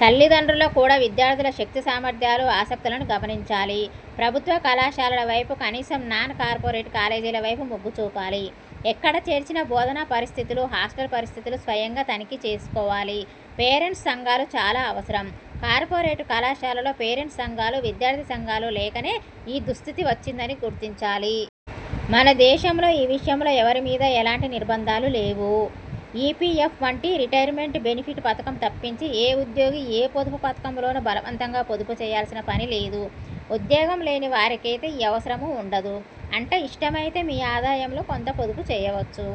తల్లిదండ్రుల కూడా విద్యార్థుల శక్తి సామర్థ్యాలు, ఆసక్తులను గమనించాలి. ప్రభుత్వ, కళాశాలల వైపు, కనీసం నాన్ కార్పొరేట్ కాలేజీల వైపు మొగ్గుచూపాలి. ఎక్కడ చేర్చినా బోధనా పరిస్థితులు, హాస్టల్ పరిస్థితులు స్వయంగా తనిఖీ చేసుకోవాలి. పేరెంట్స్ సంఘాలు చాలా అవసరం. కార్పొరేటు కళాశాలలలో పేరెంట్స్ సంఘాలూ, విద్యార్థి సంఘాలూ లేకనే ఈ దుస్థితి వచ్చిందని గుర్తించాలి. మన దేశంలో ఈ విషయంలో ఎవరి మీదా ఎలాంటి నిర్భంధాలు లేవు. ఇపిఎఫ్ వంటి రిటైర్మెంట్ బెనిఫిట్ పథకం తప్పించి, ఏ ఉద్యోగీ ఏ పొదుపు పథకంలోనూ బలవంతంగా పొదుపు చేయాల్సిన పని లేదు. ఉద్యోగం లేని వారికైతే ఈ అవసరమూ ఉండదు. అంటే ఇష్టమైతే మీ ఆదాయంలో కొంత పొదుపు చేయవచ్చు.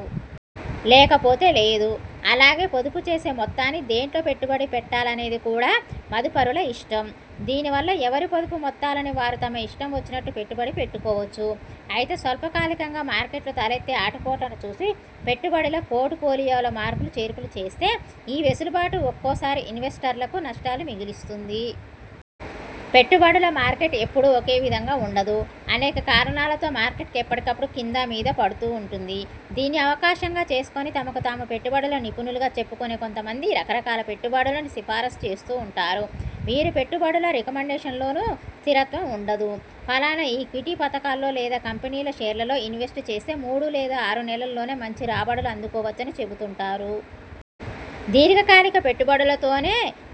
లేకపోతే లేదు. అలాగే పొదుపు చేసే మొత్తాన్ని దేన్లో పెట్టుబడి పెట్టాలనేది కూడా మదుపరుల ఇష్టం. దీని వల్ల ఎవరి పొదుపు మొత్తాలని వారు తమ ఇష్టం వచ్చినట్టు పెట్టుబడి పెట్టుకోవచ్చు. అయితే స్వల్పకాలికంగా మార్కెట్లో తలెత్తే ఆటుపోట్లను చూసి పెట్టుబడుల పోర్టుఫోలియోలో మార్పులు చేర్పులు చేస్తే, ఈ వెసులుబాటు ఒక్కోసారి ఇన్వెస్టర్లకు నష్టాలు మిగులుస్తుంది. పెట్టుబడుల మార్కెట్ ఎపుడూ ఒకే విధంగా ఉండదు. అనేక కారణాలతో మార్కెట్ ఎప్పటికపుడు కిందా మీదా పడుతుంటుంది. దీన్ని అవకాశంగా చేసుకుని తమకు తాము పెట్టుబడుల నిపుణులుగా చెప్పుకునే కొంత మంది రకరకాల పెట్టుబడులను సిఫారసు చేస్తుంటారు. వీరి పెట్టుబడుల రికమండేషన్లలోనూ స్థిరత్వం ఉండదు. ఫలానా ఈక్విటీ పథకాల్లో లేదా కంపెనీల షేర్లలో ఇన్వెస్ట్ చేస్తే మూడు లేదా ఆరు నెలల్లోనే మంచి రాబడులు అందుకోవచ్చని చెబుతుంటారు. దీర్ఘకాలిక పెట్టుబడులతోనే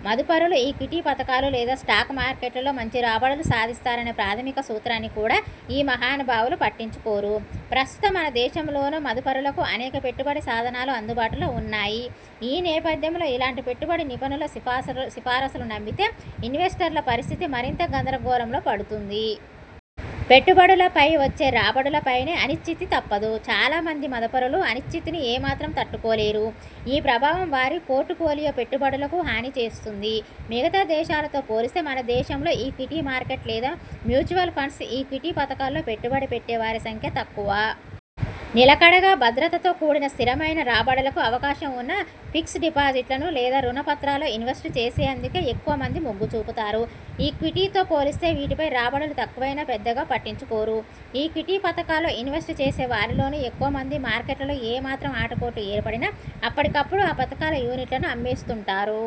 మదుపరులు ఈక్విటీ పథకాలు లేదా స్టాక్ మార్కెట్లో మంచి రాబడులు సాధిస్తారనే ప్రాథమిక సూత్రాన్ని కూడా ఈ మహానుభావులు పట్టించుకోరు. ప్రస్తుతం మన దేశంలోనూ మదుపరులకు అనేక పెట్టుబడి సాధనాలు అందుబాటులో ఉన్నాయి. ఈ నేపథ్యంలో ఇలాంటి పెట్టుబడి నిపుణుల సిఫారసులు నమ్మితే ఇన్వెస్టర్ల పరిస్థితి మరింత గందరగోళంలో పడుతుంది. పెట్టుబడులపై వచ్చే రాబడులపైనా అనిశ్చితి తప్పదు. చాలా మంది మదుపరులు అనిశ్చితిని ఏ మాత్రం తట్టుకోలేరు. ఈ ప్రభావం వారి పోర్టుఫోలియో పెట్టుబడులకూ హాని చేస్తుంది. మిగతా దేశాలతో పోలిస్తే మన దేశంలో ఈక్విటీ మార్కెట్ లేదా మ్యూచువల్ ఫండ్స్ ఈక్విటీ పథకాల్లో పెట్టుబడి పెట్టే వారి సంఖ్య తక్కువ. నిలకడగా భద్రతతో కూడిన స్థిరమైన రాబడులకు అవకాశం ఉన్న ఫిక్స్డ్ డిపాజిట్లు లేదా రుణ పత్రాల్లో ఇన్వెస్ట్ చేసేందుకే ఎక్కువ మంది మొగ్గు చూపుతారు. ఈక్విటీతో పోలిస్తే వీటిపై రాబడులు తక్కువైనా పెద్దగా పట్టించుకోరు. ఈక్విటీ పథకాల్లో ఇన్వెస్ట్ చేసే వారిలోనూ ఎక్కువ మంది, మార్కెట్లో ఏ మాత్రం ఆటుపోట్లు ఏర్పడినా అప్పటికపుడు ఆ పథకాల యూనిట్లను అమ్మేస్తుంటారు.